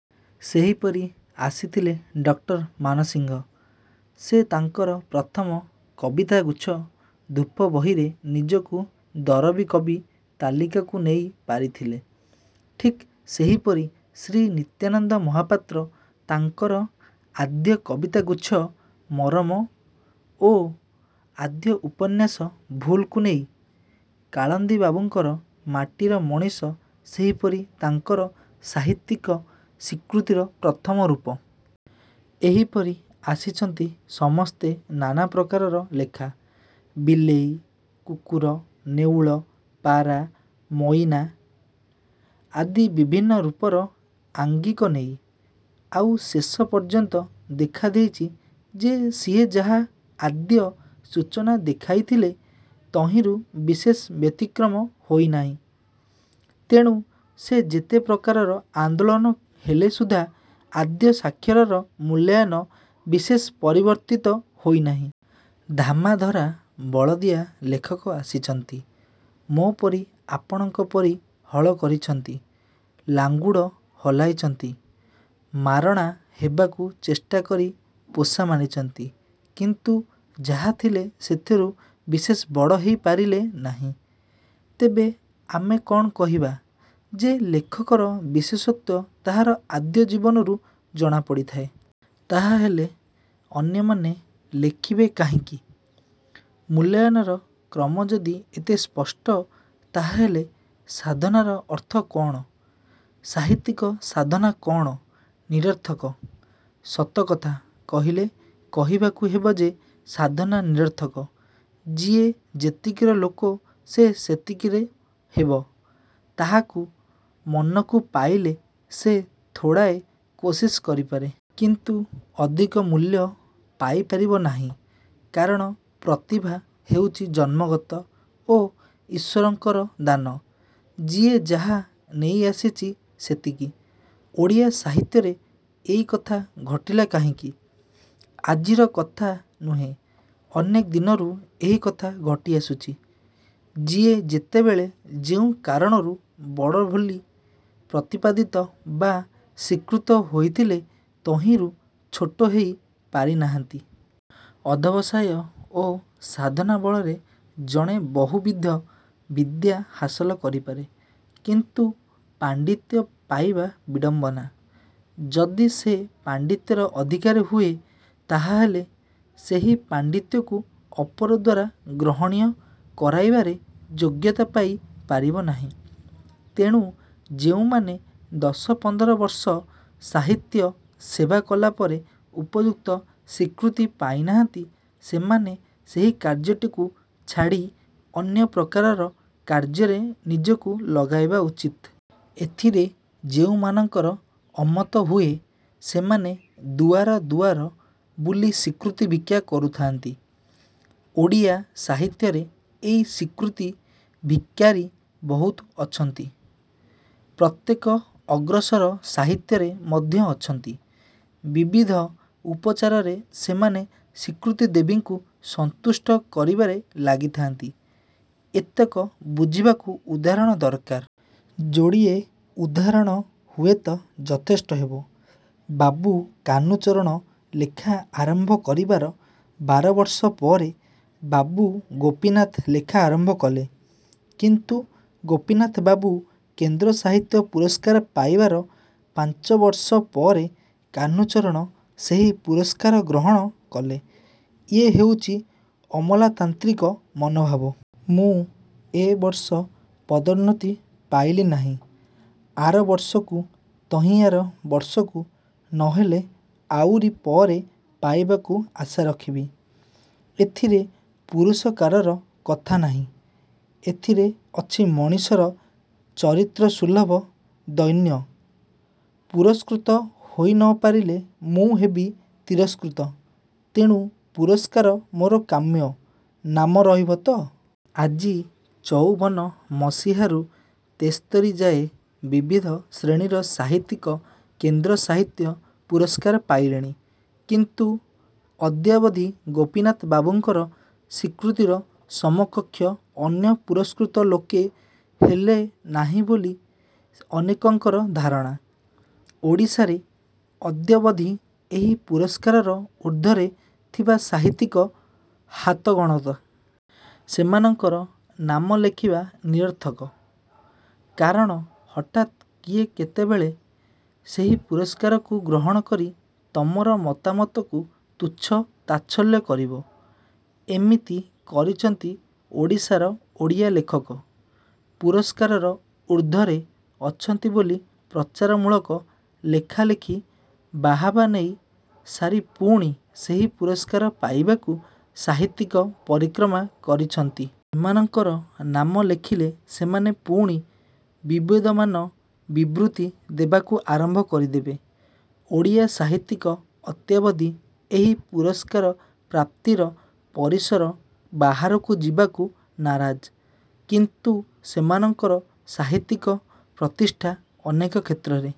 ସେହିପରି ଆସିଥିଲେ ଡକ୍ଟର ମାନସିଂହ। ସେ ତାଙ୍କର ପ୍ରଥମ କବିତାଗୁଚ୍ଛ ଧୂପ ବହିରେ ନିଜକୁ ଦରଦୀ କବି ତାଲିକାକୁ ନେଇ ପାରିଥିଲେ। ଠିକ୍ ସେହିପରି ଶ୍ରୀ ନିତ୍ୟାନନ୍ଦ ମହାପାତ୍ର ତାଙ୍କର ଆଦ୍ୟ କବିତାଗୁଚ୍ଛ 'ମରମ' ଓ ଆଦ୍ୟ ଉପନ୍ୟାସ ଭୁଲ୍ କୁ ନେଇ। କାଳିନ୍ଦୀ ବାବୁଙ୍କର ମାଟିର ମଣିଷ ସେହିପରି ତାଙ୍କର ସାହିତ୍ୟିକ ସ୍ୱୀକୃତିର ପ୍ରଥମ ରୂପ-। ଏହିପରି ଆସିଛନ୍ତି ସମସ୍ତେ ନାନାପ୍ରକାରର ଲେଖା-ବିଲେଇ, କୁକୁର, ନେଉଳ, ପାରା, ମଇନା ଆଦି ବିଭିନ୍ନ ରୂପର ଆଙ୍ଗିକ ନେଇ। ଆଉ ଶେଷ ପର୍ଯ୍ୟନ୍ତ ଦେଖା ଦେଇଛି ଯେ ସିଏ ଯାହା ଆଦ୍ୟ ସୂଚନା ଦେଖାଇଥିଲେ ତହିଁରୁ ବିଶେଷ ବ୍ୟତିକ୍ରମ ହୋଇନାହିଁ। ତେଣୁ ଯେତେ ପ୍ରକାରର ଆନ୍ଦୋଳନ ହେଲେ ସୁଦ୍ଧା ଆଦ୍ୟ ସ୍ୱାକ୍ଷରର ମୂଲ୍ୟାୟନ ବିଶେଷ ପରିବର୍ତ୍ତିତ ହୋଇନାହିଁ। ଧାମାଧରା ବଳଦିଆ ଲେଖକ ଆସିଛନ୍ତି। ମୋ'ପରି ଆପଣଙ୍କ ପରି ହଳ କରିଛନ୍ତି। ଲାଙ୍ଗୁଡ଼ ହଲାଇଛନ୍ତି। ମାରଣା ହେବାକୁ ଚେଷ୍ଟା କରି ପୋଷା ମାନିଛନ୍ତି। କିନ୍ତୁ ଯାହା ଥିଲେ ସେଥିରୁ ବିଶେଷ ବଡ଼ ହେଇ ପାରିଲେ ନାହିଁ। ତେବେ ଆମେ କ'ଣ କହିବା ଯେ ଲେଖକର ବିଶେଷତ୍ୱ ତାହାର ଆଦ୍ୟ ଜୀବନରୁ ଜଣାପଡ଼ିଥାଏ? ତାହାହେଲେ ଅନ୍ୟମାନ ଲେଖିବେ କାହିଁକି? ମୂଲ୍ୟୟନର କ୍ରମ ଯଦି ଏତେ ସ୍ପଷ୍ଟ ତାହାହେଲେ ସାଧନାର ଅର୍ଥ କ'ଣ? ସାହିତ୍ୟିକ ସାଧନା କ'ଣ ନିରର୍ଥକ। ସତକଥା କହିଲେ କହିବାକୁ ହେବ ଯେ ସାଧନା ନିରର୍ଥକ। ଯିଏ ଯେତିକିର ଲୋକ ସେ ସେତିକିର ହେବ। ତାହାର ମନକୁ ପାଇଲେ ସେ ଥୋଡ଼ାଏ କୋସିସ୍ କରିପାରେ। କିନ୍ତୁ ଅଧିକ ମୂଲ୍ୟ ପାଇପାରିବ ନାହିଁ। କାରଣ ପ୍ରତିଭା ହେଉଛି ଜନ୍ମଗତ ଓ ଈଶ୍ୱରଙ୍କର ଦାନ। ଯିଏ ଯାହା ନେଇ ଆସିଛି-ସେତିକି। ଓଡ଼ିଆ ସାହିତ୍ୟରେ ଏଇକଥା ଘଟିଲା କାହିଁକି? ଆଜିର କଥା ନୁହେଁ-ଅନେକ ଦିନରୁ ଏହିକଥା ଘଟି ଆସୁଛି। ଯିଏ ଯେତେବେଳେ ଯେଉଁ କାରଣରୁ ବଡ଼ ବୋଲି ପ୍ରତିପାଦିତ ବା ସ୍ୱୀକୃତ ହୋଇଥିଲେ ତହିଁରୁ ଛୋଟ ହେଇ ପାରିନାହାନ୍ତି। ଅଧ୍ୟବସାୟ ଓ ସାଧନା ବଳରେ ଜଣେ ବହୁବିଧ ବିଦ୍ୟା ହାସଲ କରିପାରେ। କିନ୍ତୁ ପାଣ୍ତିତ୍ୟ ପାଇବା ବିଡ଼ମ୍ବନା। ଯଦି ସେ ପାଣ୍ତିତ୍ୟର ଅଧିକାରୀ ହୁଏ ତାହାହେଲେ ସେହି ପାଣ୍ତିତ୍ୟକୁ ଅପର ଦ୍ୱାରା ଗ୍ରହଣୀୟ କରାଇବାରେ ଯୋଗ୍ୟତା ପାଇ ପାରିବ ନାହିଁ। ତେଣୁ ଯେଉଁମାନେ ଦଶ ପନ୍ଦରବର୍ଷ ସାହିତ୍ୟ ସେବା କଲାପରେ ଉପଯୁକ୍ତ ସ୍ୱୀକୃତି ପାଇନାହାନ୍ତି ସେମାନେ ସେହି କାର୍ଯ୍ୟଟିକୁ ଛାଡ଼ି ଅନ୍ୟ ପ୍ରକାରର କାର୍ଯ୍ୟରେ ନିଜକୁ ଲଗାଇବା ଉଚିତ୍। ଏଥିରେ ଯେଉଁମାନଙ୍କର ଅମତ ହୁଏ ସେମାନେ ଦୁଆର ଦୁଆର ବୁଲି ସ୍ୱୀକୃତି ଭିକ୍ଷା କରୁଥାନ୍ତି। ଓଡ଼ିଆ ସାହିତ୍ୟରେ ଏଇ ସ୍ୱୀକୃତି ଭିକାରୀ ବହୁତ ଅଛନ୍ତି। ପ୍ରତ୍ୟେକ ଅଗ୍ରସର ସାହିତ୍ୟରେ ମଧ୍ୟ ଅଛନ୍ତି। ବିବିଧ ଉପଚାରରେ ସେମାନେ ସ୍ୱୀକୃତିଦେବୀଙ୍କୁ ସନ୍ତୁଷ୍ଟ କରିବାରେ ଲାଗିଥାନ୍ତି। ଏତକ ବୁଝିବାକୁ ଉଦାହରଣ ଦରକାର। ଯୋଡ଼ିଏ ଉଦାହରଣ ହୁଏ ତ ଯଥେଷ୍ଟ ହେବ-। ବାବୁ କାହ୍ନୁଚରଣ ଲେଖା ଆରମ୍ଭ କରିବାର ବାରବର୍ଷ ପରେ ବାବୁ ଗୋପୀନାଥ ଲେଖା ଆରମ୍ଭ କଲେ। କିନ୍ତୁ ଗୋପୀନାଥବାବୁ କେନ୍ଦ୍ର ସାହିତ୍ୟ ପୁରସ୍କାର ପାଇବାର ପାଞ୍ଚବର୍ଷ ପରେ କାହ୍ନୁଚରଣ ସେହି ପୁରସ୍କାର ଗ୍ରହଣ କଲେ। ଇଏ ହେଉଛି ଅମଲାତାନ୍ତ୍ରିକ ମନୋଭାବ। ମୁଁ ଏବର୍ଷ ପଦୋନ୍ନତି ପାଇଲି ନାହିଁ-ଆର ବର୍ଷକୁ-ତହିଁଆର ବର୍ଷକୁ-ନ ହେଲେ ଆଉରି ପରେ ପାଇବାକୁ ଆଶା ରଖିବି। ଏଥିରେ ପୁରୁଷକାରର କଥା ନାହିଁ। ଏଥିରେ ଅଛି ମଣିଷର ଚରିତ୍ରସୁଲଭ ଦୈନ୍ୟ। ପୁରସ୍କୃତ ହୋଇ ନ ପାରିଲେ ମୁଁ ହେବି ତିରସ୍କୃତ। ତେଣୁ ପୁରସ୍କାର ମୋର କାମ୍ୟ-ନାମ ରହିବ ତ। ଆଜି ଚଉବନ ମସିହାରୁ ତେସ୍ତରୀ ଯାଏ ବିବିଧ ଶ୍ରେଣୀର ସାହିତ୍ୟିକ କେନ୍ଦ୍ର ସାହିତ୍ୟ ପୁରସ୍କାର ପାଇଲେଣି। କିନ୍ତୁ ଅଦ୍ୟାବଧି ଗୋପୀନାଥ ବାବୁଙ୍କର ସ୍ୱୀକୃତିର ସମକକ୍ଷ ଅନ୍ୟ ପୁରସ୍କୃତ ଲୋକେ ହେଲେ ନାହିଁ ବୋଲି ଅନେକଙ୍କର ଧାରଣା। ଓଡ଼ିଶାରେ ଅଦ୍ୟାବଧି ଏହି ପୁରସ୍କାରର ଊର୍ଦ୍ଧ୍ୱରେ ଥିବା ସାହିତ୍ୟିକ ହାତଗଣତା। ସେମାନଙ୍କର ନାମ ଲେଖିବା ନିରର୍ଥକ। କାରଣ ହଠାତ୍ କିଏ କେତେବେଳେ ସେହି ପୁରସ୍କାରକୁ ଗ୍ରହଣ କରି ତମର ମତାମତକୁ ତୁଚ୍ଛ ତାଚ୍ଛଲ୍ୟ କରିବ। ଏମିତି କରିଛନ୍ତି ଓଡ଼ିଶାର ଓଡ଼ିଆ ଲେଖକ। ପୁରସ୍କାରର ଊର୍ଦ୍ଧ୍ୱରେ ଅଛନ୍ତି ବୋଲି ପ୍ରଚାରମୂଳକ ଲେଖା ଲେଖି ବାହାବା ନେଇ ସାରି ପୁଣି ସେହି ପୁରସ୍କାର ପାଇବାକୁ ସାହିତ୍ୟିକ ପରିକ୍ରମା କରିଛନ୍ତି। ସେମାନଙ୍କର ନାମ ଲେଖିଲେ ସେମାନେ ପୁଣି ବିବଦମାନ ବିବୃତି ଦେବାକୁ ଆରମ୍ଭ କରିଦେବେ। ଓଡ଼ିଆ ସାହିତ୍ୟିକ ଅଦ୍ୟାବଧି ଏହି ପୁରସ୍କାର ପ୍ରାପ୍ତିର ପରିସର ବାହାରକୁ ଯିବାକୁ ନାରାଜ। କିନ୍ତୁ ସେମାନଙ୍କର ସାହିତ୍ୟିକ ପ୍ରତିଷ୍ଠା ଅନେକ କ୍ଷେତ୍ରରେ।